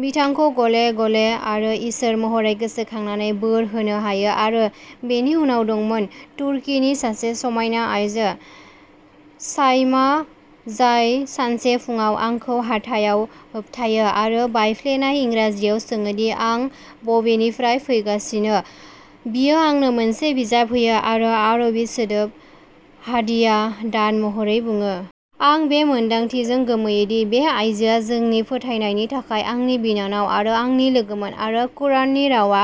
बिथांखौ गले-गले आरो इसोर महरै गोसोखांनानै बोर होनो हायो। आरो बेनि उनाव दंमोन तुर्कीनि सासे समायना आइजो शाइमा, जाय सानसे फुंआव आंखौ हाथाइआव होबथायो आरो बायफ्लेनाय इंराजियाव सोङो दि आं बबेनिफ्राय फैगासिनो। बियो आंनो मोनसे बिजाब होयो आरो आरबि सोदोब हादिया दान महरै बुङो। आं बे मोन्दांथिजों गोमोयो दि बे आइजोआ जोंनि फोथायनायनि थाखाय आंनि बिनानाव आरो आंनि लोगोमोन आरो कुराननि रावा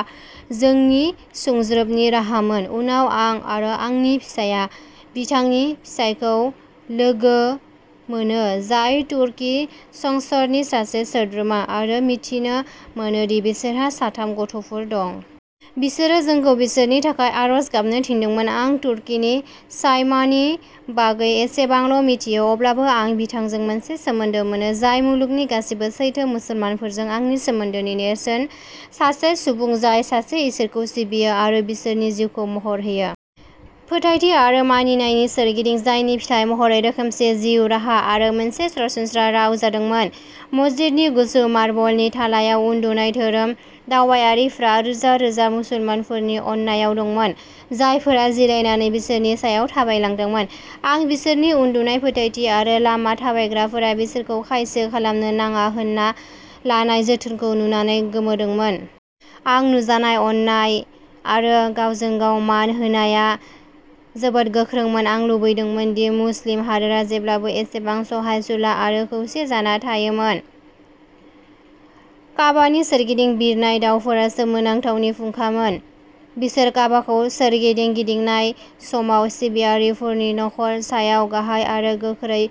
जोंनि सुंज्रोबनि राहामोन। उनाव आं आरो आंनि फिसाया बिथांनि फिसायखौ लोगो मोनो, जाय तुर्की संसदनि सासे सोद्रोमा, आरो मिथिनो मोनो दि बिसोरहा साथाम गथ'फोर दं। बिसोरो जोंखौ बिसोरनि थाखाय आरज गाबनो थिनदोंमोन। आं तुर्कीनि शाइमानि बागै एसेबांल' मिथियो, अब्लाबो आं बिथांजों मोनसे सोमोन्दो मोनो जाय मुलुगनि गासैबो सैथो मुसलमानफोरजों आंनि सोमोन्दोनि नेरसोन-सासे सुबुं जाय सासे इसोरखौ सिबियो आरो गावसोरनि जिउखौ महर होयो। फोथायथि आरो मानिनायनि सोरगिदिं, जायनि फिथाय महरै रोखोमसे जिउ राहा आरो मोनसे सरासनस्रा राव जादोंमोन। मस्जिदनि गुसु मार्बलनि थालायाव उन्दुनाय धोरोम दावबायारिफ्रा रोजा रोजा मुसलमानफोरनि अननायाव दंमोन, जायफोरा जिरायनानै बिसोरनि सायाव थाबायलांदोंमोन। आं बिसोरनि उन्दुनाय फोथायथि आरो लामा थाबायग्राफोरा बिसोरखौ खायसो खालामनो नाङा होनना लानाय जोथोनखौ नुनानै गोमोदोंमोन। आं नुजानाय अननाय आरो गावजों-गाव मान होनाया जोबोद गोख्रोंमोन। आं लुबैदोंमोन दि मुस्लिम हादोरा जेब्लाबो एसेबां सहायसुला आरो खौसे जाना थायोमोन। काबानि सोरगिदिं बिरनाय दावफोरा सोमोनांथावनि फुंखामोन। बिसोर काबाखौ सोरगिदिं गिदिंनाय समाव सिबियारिफोरनि खर'नि सायाव गाहाय आरो गोख्रै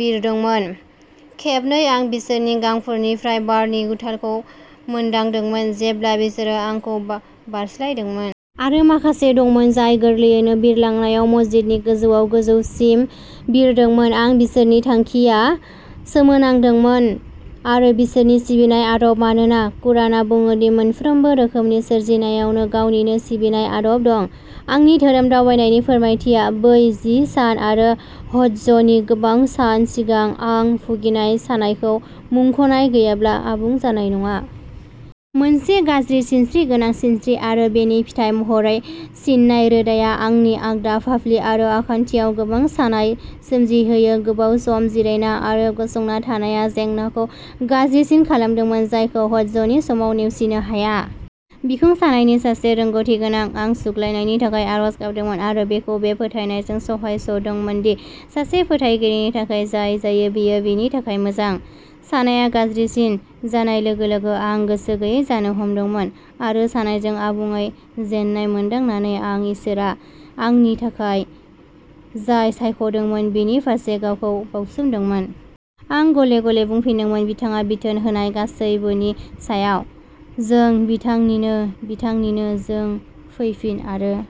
बिरदोंमोन; खेबनै आं बिसोरनि गांफोरनिफ्राय बारनि गुथालखौ मोनदांदोंमोन जेब्ला बिसोरो आंखौ बा-बारस्लायदोंमोन। आरो माखासे दंमोन जाय गोरलैयैनो बिरलांनायाव मस्जिदनि गोजौआव गोजौसिम बिरदोंमोन। आं बिसोरनि थांखिया सोमोनांदोंमोन आरो बिसोरनि सिबिनाय आदब, मानोना कुरानआ बुङो दि मोनफ्रोमबो रोखोमनि सोरजिनायावनो गावनिनो सिबिनाय आदब दं। आंनि धोरोम दावबायनायनि फोरमायथिया बै जि सान आरो हज्जनि गोबां सान सिगां आं भुगिनाय सानायखौ मुंख'नाय गैयाब्ला आबुं जानाय नङा। मोनसे गाज्रि सिनस्रि गोनां सिनस्रि आरो बेनि फिथाय महरै सिननाय रोदाआ आंनि आगदा फाफ्लि आरो आखान्थियाव गोबां सानाय सोमजिहोयो। गोबाव सम जिरायना आरो गसंना थानाया जेंनाखौ गाज्रिसिन खालामदोंमोन, जायखौ हज्जनि समाव नेवसिनो हाया। बिखुं सानायनि सासे रोंग'थिगोनां, आं सुग्लायनायनि थाखाय आरज गाबदोंमोन आरो बेखौ बे फोथायनायजों सहायस'दोंमोन दि सासे फोथायगिरिनि थाखाय जाय जायो बेयो बिनि थाखाय मोजां। सानायआ गाज्रिसिन जानाय लोगो-लोगो, आं गोसो गैयै जानो हमदोंमोन आरो सानायजों आबुङै जेननाय मोनदांनानै, आं इसोरआ आंनि थाखाय जाय सायख'दोंमोन बिनि फारसे गावखौ बाउसोमदोंमोन। आं गले-गले बुंफिनदोंमोन, बिथाङा बिथोन होनाय गासैबोनि सायाव। जों बिथांनिनो, बिथांनिनो जों फैफिनो, आरो